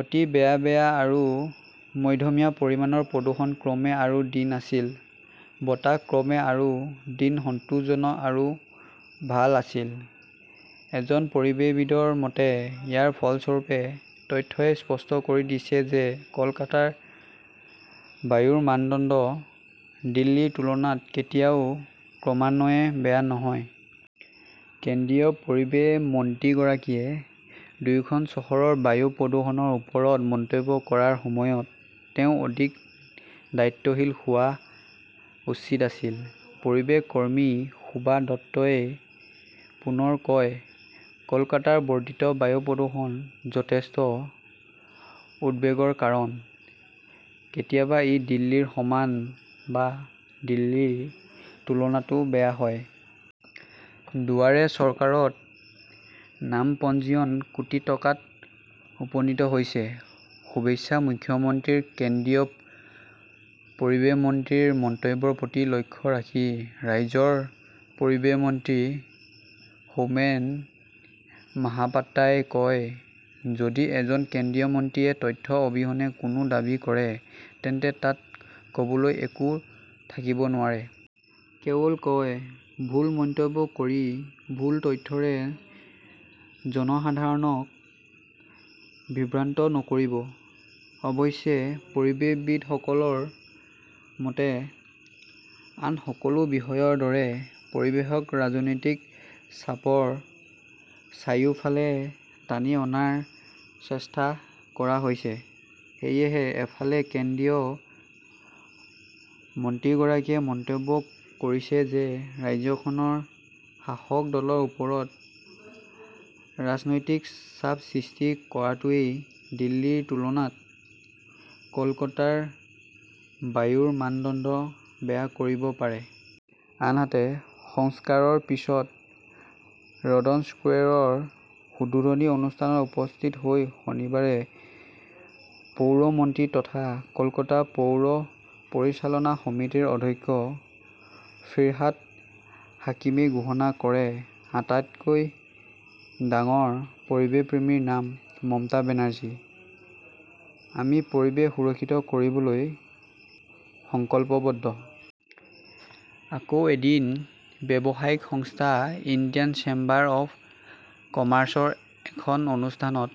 অতি বেয়া-বেয়া আৰু মধ্যমীয়া পৰিমাণৰ প্ৰদূষণ ক্ৰমে আৰু দিন আছিল। বতাহ ক্ৰমে আৰু দিন সন্তোষজনক আৰু ভাল আছিল। এজন পৰিৱেশবিদৰ মতে, ইয়াৰ ফলস্বৰূপে তথ্যই স্পষ্ট কৰি দিয়ে যে কলকাতাৰ বায়ুৰ মানদণ্ড দিল্লীৰ তুলনাত কেতিয়াও ক্ৰমান্বয়ে বেয়া নহয়। কেন্দ্ৰীয় পৰিৱেশ মন্ত্ৰীগৰাকীয়ে দুয়োখন চহৰৰ বায়ু প্ৰদূষণৰ ওপৰত মন্তব্য কৰাৰ সময়ত তেওঁ অধিক দায়িত্বশীল হোৱা উচিত আছিল। পৰিৱেশ কৰ্মী সুভাষ দত্তই পুনৰ কয় কলকাতাৰ বৰ্ধিত বায়ু প্ৰদূষণ যথেষ্ট উদ্বেগৰ কাৰণ। কেতিয়াবা ই দিল্লীৰ সমান বা দিল্লীৰ তুলনাতো বেয়া হয়। দুৱাৰে চৰকাৰত নাম পঞ্জীয়ন কোটি টকাত উপনীত হৈছে, শুভেচ্ছা মুখ্যমন্ত্ৰীৰ কেন্দ্ৰীয় পৰিৱেশ মন্ত্ৰীৰ মন্তব্যৰ প্ৰতি লক্ষ্য ৰাখি ৰাজ্যৰ পৰিৱেশ মন্ত্ৰী সৌমেন মহাপাত্ৰাই কয় যদি এজন কেন্দ্ৰীয় মন্ত্ৰীয়ে তথ্য অবিহনে কোনো দাবী কৰে তেন্তে তাত ক'বলৈ একো থাকিব নোৱাৰে। কেৱল কওঁ ভুল মন্তব্য কৰি ভুল তথ্যৰে জনসাধাৰণক বিভ্ৰান্ত নকৰিব। অৱশ্যে পৰিৱেশবিদসকলৰ মতে, আন সকলো বিষয়ৰ দৰে পৰিৱেশক ৰাজনৈতিক চাপৰ চাৰিওফালে টানি অনাৰ চেষ্টা কৰা হৈছে। সেয়েহে, এফালে কেন্দ্ৰীয় মন্ত্ৰীগৰাকীয়ে মন্তব্য কৰিছে যে ৰাজ্যখনৰ শাসক দলৰ ওপৰত ৰাজনৈতিক চাপ সৃষ্টি কৰাটোৱে দিল্লীৰ তুলনাত কলকাতাৰ বায়ুৰ মানদণ্ড বেয়া কৰিব পাৰে। আনহাতে, সংস্কাৰৰ পিছত ৰডন স্কোৱেৰৰ উদ্বোধনী অনুষ্ঠানত উপস্থিত হৈ শনিবাৰে পৌৰ মন্ত্ৰী তথা কলকাতা পৌৰ পৰিচালনা সমিতিৰ অধ্যক্ষ ফিৰহাদ হাকিমই ঘোষণা কৰে আটাইতকৈ ডাঙৰ পৰিৱেশপ্ৰেমীৰ নাম মমতা বেনাৰ্জী। আমি পৰিৱেশ সুৰক্ষিত কৰিবলৈ সংকল্পবদ্ধ। আকৌ এদিন ব্যৱসায়িক সংস্থা ইণ্ডিয়ান চেম্বাৰ অৱ কমাৰ্চৰ এখন অনুষ্ঠানত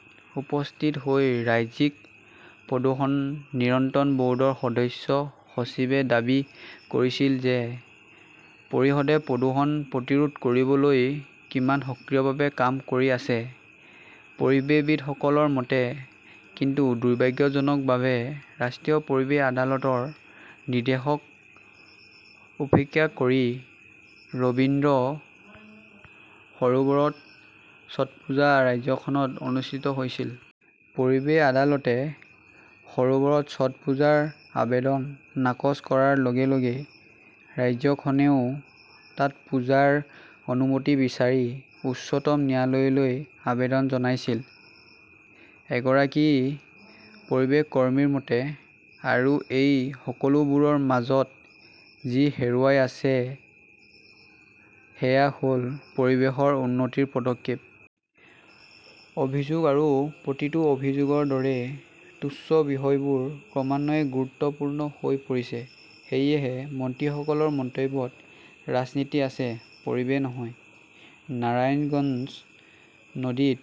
উপস্থিত হৈ ৰাজ্যিক প্ৰদূষণ নিয়ন্ত্ৰণ বৰ্ডৰ সদস্য-সচিবে দাবী কৰিছিল যে পৰিষদে প্ৰদূষণ প্ৰতিৰোধ কৰিবলৈ কিমান সক্ৰিয়ভাৱে কাম কৰি আছে। পৰিৱেশবিদসকলৰ মতে, কিন্তু দুৰ্ভাগ্যজনকভাৱে ৰাষ্ট্ৰীয় পৰিৱেশ আদালতৰ নিৰ্দেশক উপেক্ষা কৰি ৰবীন্দ্ৰ সৰোবৰত ছটপুজা ৰাজ্যখনত অনুষ্ঠিত হৈছিল। পৰিৱেশ আদালতে সৰোবৰত ছটপুজাৰ আবেদন নাকচ কৰাৰ লগে -লগে ৰাজ্যখনেও তাত পূজাৰ অনুমতি বিচাৰি উচ্চতম ন্যায়ালয়লৈ আবেদন জনাইছিল। এগৰাকী পৰিৱেশ কৰ্মীৰ মতে, আৰু এই সকলোবোৰৰ মাজত যি হেৰুৱাই আছে সেয়া হ'ল পৰিৱেশৰ উন্নতিৰ পদক্ষেপ। অভিযোগ আৰু প্ৰতিটো অভিযোগৰ দৰে তুচ্ছ বিষয়বোৰ ক্ৰমান্বয়ে গুৰুত্বপূৰ্ণ হৈ পৰিছে। সেয়েহে মন্ত্ৰীসকলৰ মন্তব্যত ৰাজনীতি আছে, পৰিৱেশ নহয়। নাৰায়ণগঞ্জ নদীত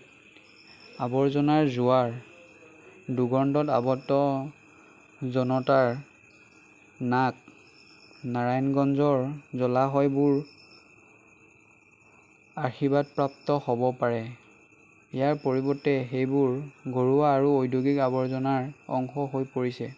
আবৰ্জনাৰ জোৱাৰ, দুৰ্গন্ধত আবদ্ধ জনতাৰ নাক নাৰায়ণগঞ্জৰ জলাশয়বোৰ আশীৰ্বাদপ্ৰাপ্ত হ'ব পাৰে। ইয়াৰ পৰিৱৰ্তে সেইবোৰ ঘৰুৱা আৰু ঔদ্যোগিক আৱৰ্জনাৰ অংশ হৈ পৰিছে।